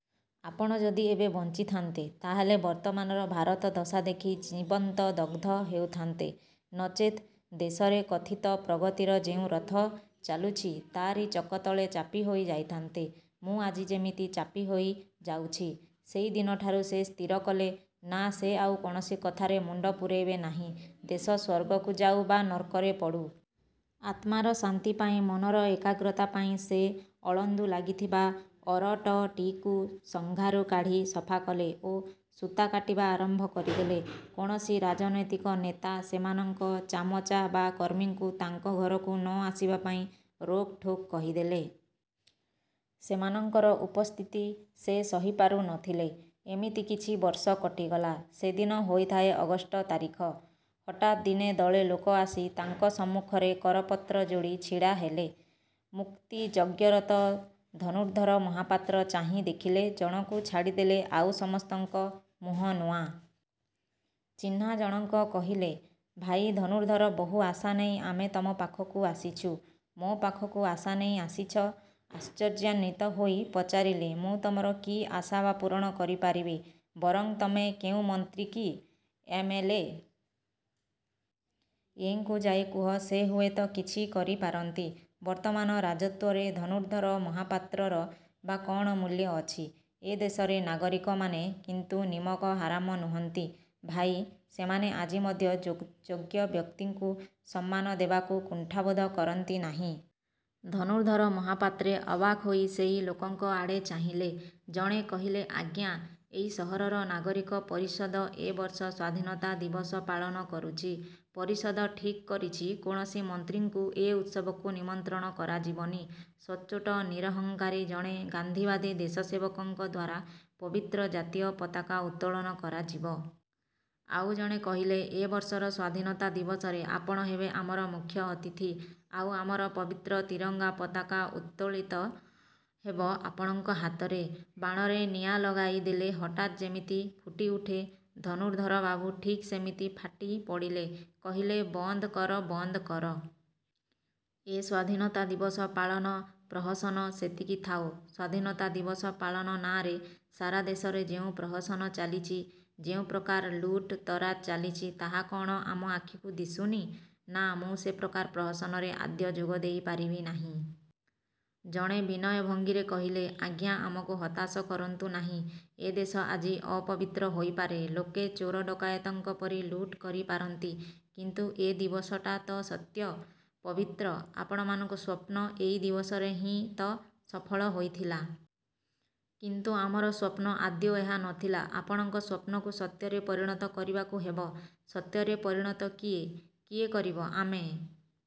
ଆପଣ ଯଦି ଏବେ ବଞ୍ଚିଥାନ୍ତେ ତା'ହେଲେ ବର୍ତ୍ତମାନର ଭାରତ ଦଶା ଦେଖି ଜୀବନ୍ତ ଦଗ୍ଧ ହେଉଥାନ୍ତେ ନଚେତ୍ ଦେଶରେ କଥିତ ପ୍ରଗତିର ଯେଉଁ ରଥ ଚାଲୁଛି ତା'ରି ଚକ ତଳେ ଚାପି ହୋଇ ଯାଇଥାନ୍ତେ, ମୁଁ ଆଜି ଯେମିତି ଚାପି ହୋଇ ଯାଉଛି। ସେଇ ଦିନଠାରୁ ସେ ସ୍ଥିର କଲେ–ନା ସେ ଆଉ କୌଣସି କଥାରେ ମୁଣ୍ଡ ପୂରେଇବେ ନାହିଁ, ଦେଶ ସ୍ଵର୍ଗକୁ ଯାଉ ବା ନର୍କରେ ପଡ଼ୁ। ଆତ୍ମାର ଶାନ୍ତି ପାଇଁ, ମନର ଏକଗ୍ରତା ପାଇଁ ସେ ଅଳନ୍ଧୁ ଲାଗିଥିବା ଅରଟଟିକୁ ସଙ୍ଘାରୁ କାଢ଼ି ସଫାକଲେ ଓ ସୂତା କାଟିବା ଆରମ୍ଭ କରିଦେଲେ। କୌଣସି ରାଜନୈତିକ ନେତା, ସେମାନଙ୍କ ଚାମଚା ବା କର୍ମୀଙ୍କୁ ତାଙ୍କ ଘରକୁ ନ ଆସିବା ପାଇଁ ରୋକ୍ ଠୋକ୍ କହିଦେଲେ। ସେମାନଙ୍କର ଉପସ୍ଥିତି ସେ ସହି ପାରୁ ନ ଥିଲେ। ଏମିତି କିଛି ବର୍ଷ କଟିଗଲା। ସେଦିନ ହୋଇଥାଏ ଅଗଷ୍ଟ ତାରିଖ। ହଠାତ୍ ଦିନେ ଦଳେ ଲୋକ ଆସି ତାଙ୍କ ସମ୍ମୁଖରେ କରପତ୍ର ଯୋଡ଼ି ଛିଡ଼ା ହେଲେ। ମୁକ୍ତି ଯଜ୍ଞରତ ଧନୁର୍ଦ୍ଧର ମହାପାତ୍ର ଚାହିଁ ଦେଖିଲେ, ଜଣକୁ ଛାଡ଼ିଦେଲେ ଆଉ ସମସ୍ତଙ୍କ ମୁହଁ ନୂଆ। ଚିହ୍ନା ଜଣଙ୍କ କହିଲେ–ଭାଇ ଧନୁର୍ଦ୍ଧର ବହୁ ଆଶା ନେଇ ଆମେ ତମ ପାଖକୁ ଆସିଛୁ। 'ମୋ' ପାଖକୁ ଆଶା ନେଇ ଆସିଛ? ' ଆଶ୍ଚର୍ଯ୍ୟାନ୍ୱିତ ହୋଇ ପଚାରିଲେ–'ମୁଁ ତମର କି ଆଶା ବା ପୂରଣ କରିପାରିବି? ବରଂ ତମେ କେଉଁ ମନ୍ତ୍ରୀ କି ଏମ. ଏଲ୍. ଏ. ଙ୍କୁ ଯାଇ କୁହ, ସେ ହୁଏତ କିଛି କରିପାରନ୍ତି। ବର୍ତ୍ତମାନ ରାଜତ୍ୱରେ ଧନୁର୍ଦ୍ଧର ମହାପାତ୍ରର ବା କ'ଣ ମୂଲ୍ୟ ଅଛି? ଏ ଦେଶର ନାଗରିକମାନେ କିନ୍ତୁ ନିମକ ହାରାମ ନୁହଁନ୍ତି, ଭାଇ, ସେମାନେ ଆଜି ମଧ୍ୟ ଯୋଗ୍ୟ ବ୍ୟକ୍ତିଙ୍କୁ ସମ୍ମାନ ଦେବାକୁ କୁଣ୍ଠାବୋଧ କରନ୍ତି ନାହିଁ। ଧନୁର୍ଦ୍ଧର ମହାପାତ୍ରେ ଅବାକ୍ ହୋଇ ସେଇ ଲୋକଙ୍କ ଆଡ଼େ ଚାହିଁଲେ। ଜଣେ କହିଲେ–ଆଜ୍ଞା, ଏଇ ସହରର ନାଗରିକ ପରିଷଦ ଏ ବର୍ଷ ସ୍ଵାଧୀନତା ଦିବସ ପାଳନ କରୁଛି। ପରିଷଦ ଠିକ୍ କରିଛି କୌଣସି ମନ୍ତ୍ରୀଙ୍କୁ ଏ ଉତ୍ସବକୁ ନିମନ୍ତ୍ରଣ କରାଯିବନି। ସଚ୍ଚୋଟ' ନିରହଂକାରୀ ଜଣେ ଗାନ୍ଧୀବାଦୀ ଦେଶ ସେବକଙ୍କ ଦ୍ଵାରା ପବିତ୍ର ଜାତୀୟ ପତାକା ଉତ୍ତୋଳନ କରାଯିବ। ଆଉ ଜଣେ କହିଲେ–ଏ ବର୍ଷର ସ୍ଵାଧୀନତା ଦିବସରେ ଆପଣ ହେବେ ଆମର ମୁଖ୍ୟ ଅତିଥି, ଆଉ ଆମର ପବିତ୍ର ତିରଙ୍ଗ ପତାକା ଉତ୍ତୋଳିତ ହେବ ଆପଣଙ୍କ ହାତରେ। ବାଣରେ ନିଆଁ ଲଗାଇ ଦେଲେ ହଠାତ୍ ଯେମିତି ଫୁଟିଉଠେ ଧନୁର୍ଦ୍ଧରବାବୁ ଠିକ୍ ସେମିତି ଫାଟି ପଡ଼ିଲେ। କହିଲେ–ବନ୍ଦକର, ବନ୍ଦକର। ଏ ସ୍ଵାଧୀନତା ଦିବସ ପାଳନ ପ୍ରହସନ ସେତିକି ଥାଉ। ସ୍ଵାଧୀନତା ଦିବସ ପାଳନ ନାଁଆରେ ସାରା ଦେଶରେ ଯେଉଁ ପ୍ରହସନ ଚାଲିଛି, ଯେଉଁ ପ୍ରକାର ଲୁଟ୍ ତରାଜ ଚାଲିଛି ତାହା କ'ଣ ଆମ ଆଖିକୁ ଦିଶୁନି? ନା, ମୁଁ ସେ ପ୍ରକାର ପ୍ରହସନରେ ଆଦୌ ଯୋଗ ଦେଇ ପାରିବି ନାହିଁ। ଜଣେ ବିନୟ ଭଙ୍ଗିରେ କହିଲେ–ଆଜ୍ଞା, ଆମକୁ ହତାଶ କରନ୍ତୁ ନାହିଁ। ଏ ଦେଶ ଆଜି ଅପବିତ୍ର ହୋଇପାରେ। ଲୋକେ ଚୋର ଡକାୟତଙ୍କ ପରି ଲୁଟ୍ କରିପାରନ୍ତି, କିନ୍ତୁ ଏ ଦିବସଟା ତ ସତ୍ୟ, ପବିତ୍ର ଆପଣମାନଙ୍କ ସ୍ୱପ୍ନ ଏଇ ଦିବସରେ ହିଁ ତ ସଫଳ ହୋଇଥିଲା। 'କିନ୍ତୁ ଆମର ସ୍ୱପ୍ନ ଆଦୌ ଏହା ନ ଥିଲା' 'ଆପଣଙ୍କ ସ୍ୱପ୍ନକୁ ସତ୍ୟରେ ପରିଣତ କରିବାକୁ ହେବ' 'ସତ୍ୟରେ ପରିଣତ... କିଏ? କିଏ। କରିବ? "ଆମେ